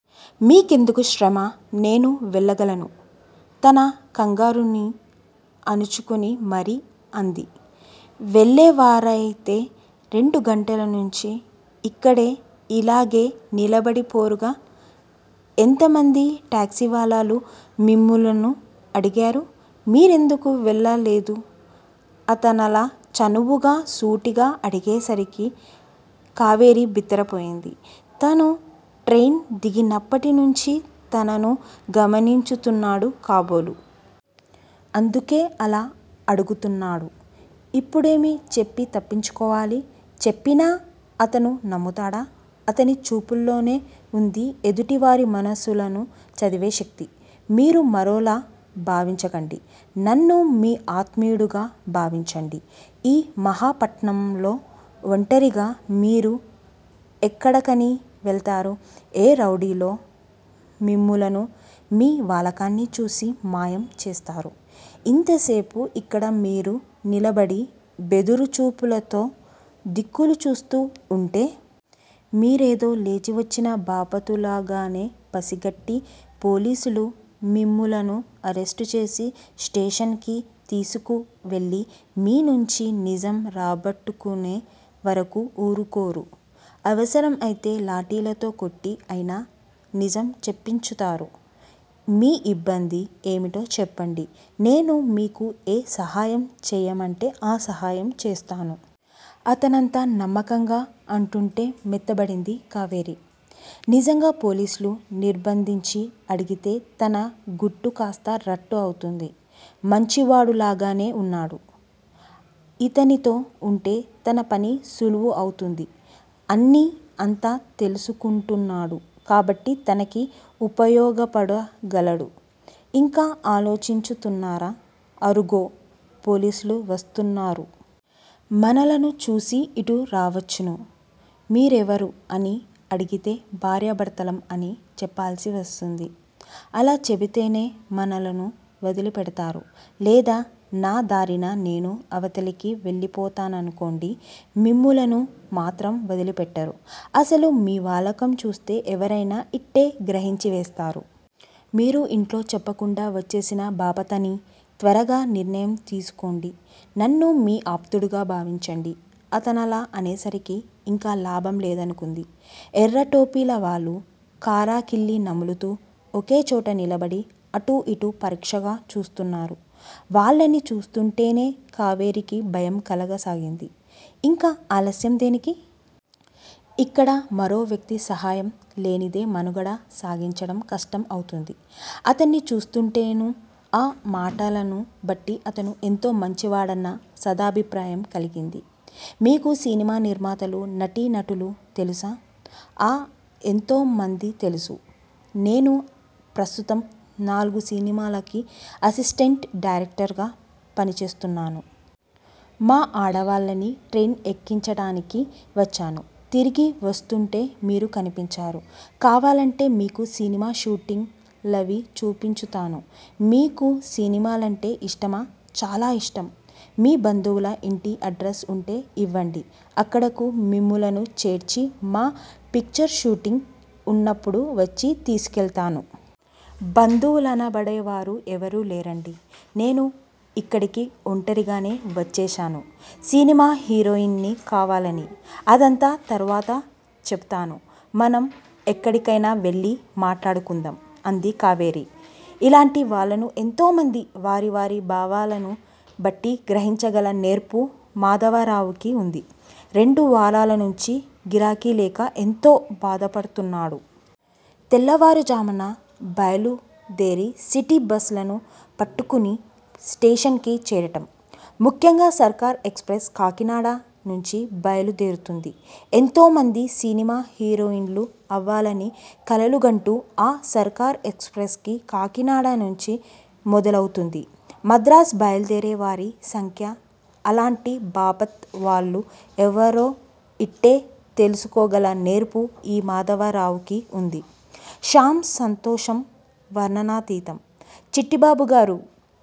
మీకెందుకు శ్రమ! నేను వెళ్ళగలను! తన కంగారుని అణుచుకుని మరీ అంది. వెళ్ళేవారయితే రెండు గంటల నుంచీ యిక్కడే ఇలాగే నిలబడిపోరుగా? ఎంతమంది టాక్సీవాలాలు మిమ్ములను అడిగారు? మీరెందుకు వెళ్ళలేదూ? అతనలా చనువుగా సూటిగా అడిగే సరికి కావేరి బిత్తరపోయింది. తను ట్రైన్ దిగినప్పటినుంచీ తనను గమనించుతున్నాడు కాబోలు! అందుకే అలా అడుగుతున్నాడు? ఇప్పుడేమి చెప్పి తప్పించుకోవాలి? చెప్పినా అతను నమ్ముతాడా? అతని చూపుల్లోనే వుంది ఎదుటి వారి మనసులను చదివే శక్తి! మీరు మరోలా భావించకండి! నన్ను మీ ఆత్మీయుడుగా భావించండి! ఈ మహాపట్నంలో వంటరిగా మీరు ఎక్కడకని వెళతారు? ఏ రౌడీలో మిమ్ములను, మీ వాలకాన్ని చూసి మాయం చేస్తారు ఇంతసేపు యిక్కడ మీరు నిలబడి బెదురుచూపులుతో దిక్కులు చూస్తూ ఉంటే? మీరేదో లేచివచ్చిన బాపతులాగానే పసిగట్టి పోలీసులు మిమ్ములను అరెస్టు చేసి స్టేషన్ కి తీసుకువెళ్ళి మీ నుంచి నిజం రాబట్టు కునే వరకూ ఊరుకోరు! అవసరం అయితే లాఠీలతో కొట్టి అయినా నిజం చెప్పించుతారు మీ యిబ్బంది ఏమిటో చెప్పండి! నేను మీకు ఏ సహాయము చేయమంటే ఆ సహాయం చేస్తాను! అతనంత నమ్మకంగా అంటుంటే మెత్తబడింది కావేరి! నిజంగా పోలీసులు నిర్బంధించి అడిగితే తన గుట్టు కాస్తా రట్టు అవుతుంది. మంచివాడులాగానే వున్నాడు. యితనితో వుంటే తన పని సులువు అవుతుంది. అన్నీ, అంతా తెలుసుకుంటున్నాడు కాబట్టి తనకి ఉపయోగపడగలడు. యింకా ఆలోచించుతున్నారా? అరుగో పోలీసులు వస్తున్నారు. మనలను చూసి యిటు రావచ్చును మీరెవరూ? అని అడిగితే భార్యాభర్తలం అని చెప్పాల్సి వస్తుంది. అలా చెపితేనే మనలను వదిలి పెడతారు. లేదా నా దారిన నేను అవతలికి వెళ్ళిపోతాననుకోండి! మిమ్ములను మాత్రం వదిలిపెట్టరు. అసలు మీ వాలకం చూస్తే ఎవరయినా యిట్టే గ్రహించి వేస్తారు. మీరు ఇంట్లో చెప్పకుండా వచ్చేసిన బాపతనీ! త్వరగా నిర్ణయం తీసుకోండి! నన్ను మీ ఆప్తుడుగా భావించండి! అతనలా అనేసరికి ఇంకా లాభం లేదనుకుంది. ఎర్ర టోపీల వాళ్ళు కారా కిళ్ళీ నములుతూ ఒకేచోట నిలబడి అటుఇటు పరీక్షగా చూస్తున్నారు. వాళ్ళని చూస్తుంటేనే కావేరీకి భయం కలుగసాగింది ఇంకా ఆలస్యం దేనికి? ఇక్కడ మరో వ్యక్తి సహాయం లేనిదే మనుగడ సాగించటం కష్టం అవుతుంది. అతన్ని చూస్తుంటేను, ఆ మాటలను బట్టి అతను ఎంతో మంచివాడన్న సదభిప్రాయం కలిగింది. మీకు సినిమా నిర్మాతలు, నటీ నటులూ తెలుసా? ఆ ఎంతో మంది తెలుసు! నేను ప్రస్తుతం నాలుగుసినిమాలకి అసిస్టెంటు డైరెక్టరుగా పనిచేస్తున్నాను. మా ఆడవాళ్ళని ట్రైన్ ఎక్కించటానికి వచ్చాను. తిరిగి వస్తుంటే మీరు కనిపించారు. కావాలంటే మీకు సినీమా షూటింగ్ లవీ చూపించుతాను. మీకు సినిమాలంటే ఇష్టమా? చాలా ఇష్టం! మీ బంధువుల ఇంటి అడ్రసు వుంటే ఇవ్వండి. అక్కడకు మిమ్ములను చేర్చి మా పిక్చర్ షూటింగ్ వున్నప్పుడు వచ్చి తీసుకెళ్తాను. బంధువులనబడేవారు ఎవరూ లేరండీ? నేను ఇక్కడికి వంటరిగానే వచ్చేశాను. సినిమా హీరోయిన్ ని కావాలని! అదంతా తరువాత చెప్పుతాను మనం ఎక్కడికయినా వెళ్ళి మాట్లాడుకుందాం అంది కావేరి. ఇలాంటి వాళ్ళను ఎంతో మంది వారి వారి భావాలను బట్టి గ్రహించగల నేర్పు మాధవరావుకి వుంది. రెండు వారాలనుంచి గిరాకీలేక ఎంతో బాధపడుతున్నాడు. తెల్లవారు ఝామున బయలుదేరి సిటీ బస్సులను పట్టుకుని స్టేషన్ కి చేరటం, ముఖ్యంగా సర్కార్ ఎక్స్ ప్రెస్ కాకినాడ నుంచి బయలు దేరుతుంది. ఎంతోమంది సినిమా హీరోయిన్ లు అవ్వాలని కలలుగంటూ ఆ సర్కార్ ఎక్స్ ప్రెస్ కి కాకినాడనుంచి మొదలవుతుంది మద్రాసు బయలుదేరే వారి సంఖ్య అలాంటి బాపతు వాళ్ళు ఎవరో ఇట్టే తెలుసుకోగల నేర్పు ఈ మాధవరావుకి వుంది. శ్యామ్ సంతోషం వర్ణనాతీతం. చిట్టిబాబుగారూ!